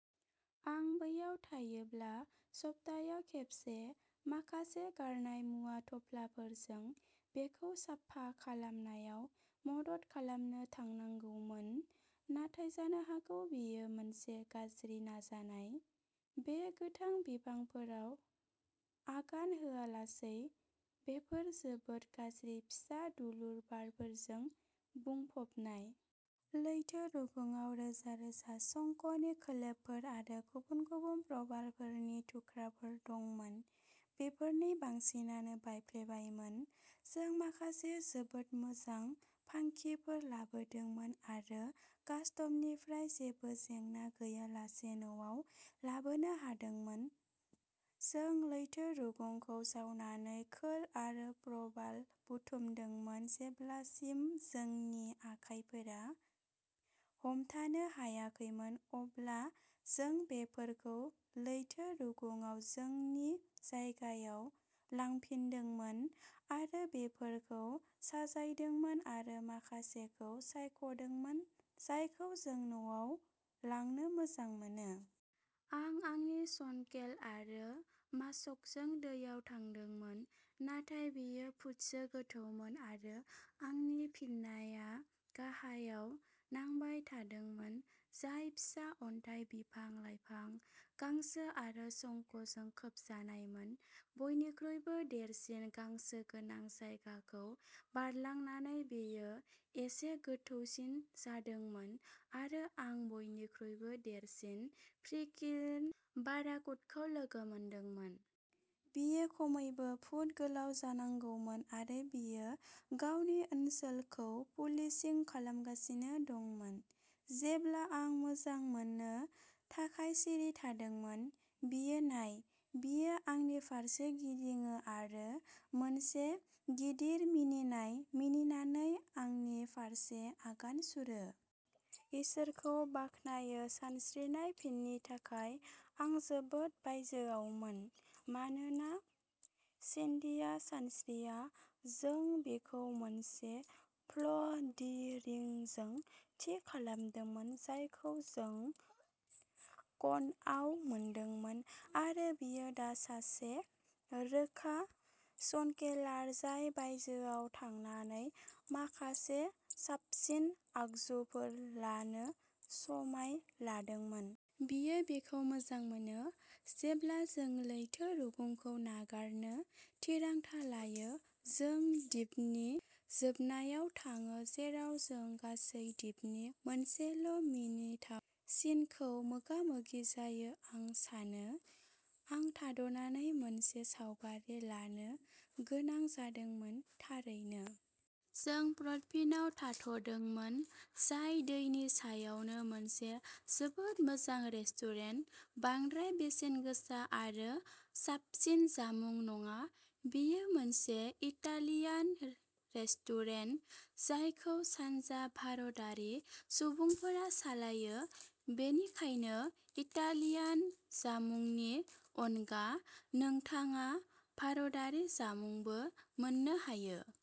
आं बैयाव थायोब्ला सप्तायाव खेबसे माखासे गारनाय मुवा थफ्लाफोरजों बेखौ साफा खालामनायाव मदद खालामनो थांनांगौमोन, नाथाय जानो हागौ बेयो मोनसे गाज्रि नाजानाय। बै गोथां बिफांफोराव आगान होआलासै, बेफोर जोबोद गाज्रि फिसा दुलुर बारफोरजों बुंफबनाय! लैथो रुगुंआव रोजा-रोजा शंखनि खोलफोर आरो गुबुन-गुबुन प्रबालफोरनि थुख्राफोर दंमोन! बेफोरनि बांसिनानो बायफ्लेबायमोन! जों माखासे जोबोद मोजां फानकिफोर मोनदोंमोन आरो कास्टमनिफ्राय जेबो जेंना गैयालासे न'आव लाबोनो हादोंमोन। जों लैथो रुगुंखौ जावनानै खोल आरो प्रबाल बुथुमदोंमोन जेब्लासिम जोंनि आखाइफोरा हमथानो हायाखैमोन, अब्ला जों बेफोरखौ लैथो रुगुंआव जोंनि जायगायाव लांफिनदोंमोन आरो बेफोरखौ साजायदोंमोन आरो माखासेखौ सायख'दोंमोन जायखौ जों न'आव लांनो मोजां मोनो! आं आंनि स्नर्केल आरो मास्कजों दैयाव थांदोंमोन नाथाय बेयो फुटसो गोथौमोन आरो आंनि फिनाया गाहायाव नांबाय थादोंमोन, जाय फिसा अन्थाइ, बिफां-लाइफां, गांसो आरो शंखजों खोबजानायमोन। बयनिख्रुइबो देरसिन गांसो गोनां जायगाखौ बारलांनानै बेयो एसे गोथौसिन जादोंमोन आरो आं बयनिख्रुइबो देरसिन फ्रिकिन बाराकुडाखौ लोगो मोनदोंमोन! बियो खमैबो फुट गोलाव जानांगौमोन आरो बियो गावनि ओनसोलखौ पुलिसिं खालामगासिनो दंमोन। जेब्ला आं मोजां मोननो थाखाय सिरि थादोंमोन। बिखौ नाय, बियो आंनि फारसे गिदिङो आरो मोनसे गिदिर मिनिनाय मिनिनानै आंनि फारसे आगान सुरो। इसोरखौ बाख्नायो सानस्रिनाय फिन्सनि थाखाय!! आं जोबोद बायजोआवमोन!! मानोना सेन्डीआ सानस्रिया, जों बिखौ मोनसे "फ्ल'टि रिं" जों थि खालामदोंमोन जायखौ जों कन्ड'आव मोनदोंमोन आरो बियो दा सासे रोखा स्नर्कलार, जाय बायजोआव थांनानै माखासे साबसिन आगजुफोर लानो समाय लादोंमोन। बियो बेखौ मोजां मोनो! जेब्ला जों लैथो रुगुंखौ नागारनो थिरांथा लायो, जों दिपनि जोबनायाव थाङो जेराव जों गासै दिपनि मोनसेल'मिनिथाव सिनखौ मोगा-मोगि जायो, आं सानो। आं थाद'नानै मोनसे सावगारि लानो गोनां जादोंमोन, थारैनो! जों पर्ट'फिन'आव थाद'दोंमोन, जाय दैनि सायावनो मोनसे जोबोद मोजां रेस्टुरेन्ट। बांद्राय बेसेन गोसा आरो साबसिन जामुं नङा। बेयो मोनसे इटालियान रेस्टुरेन्ट जायखौ सानजा भारतारि सुबुंफोरा सालायो, बेनिखायनो इटालियान जामुंनि अनगा, नोंथाङा भारतारि जामुंबो मोननो हायो।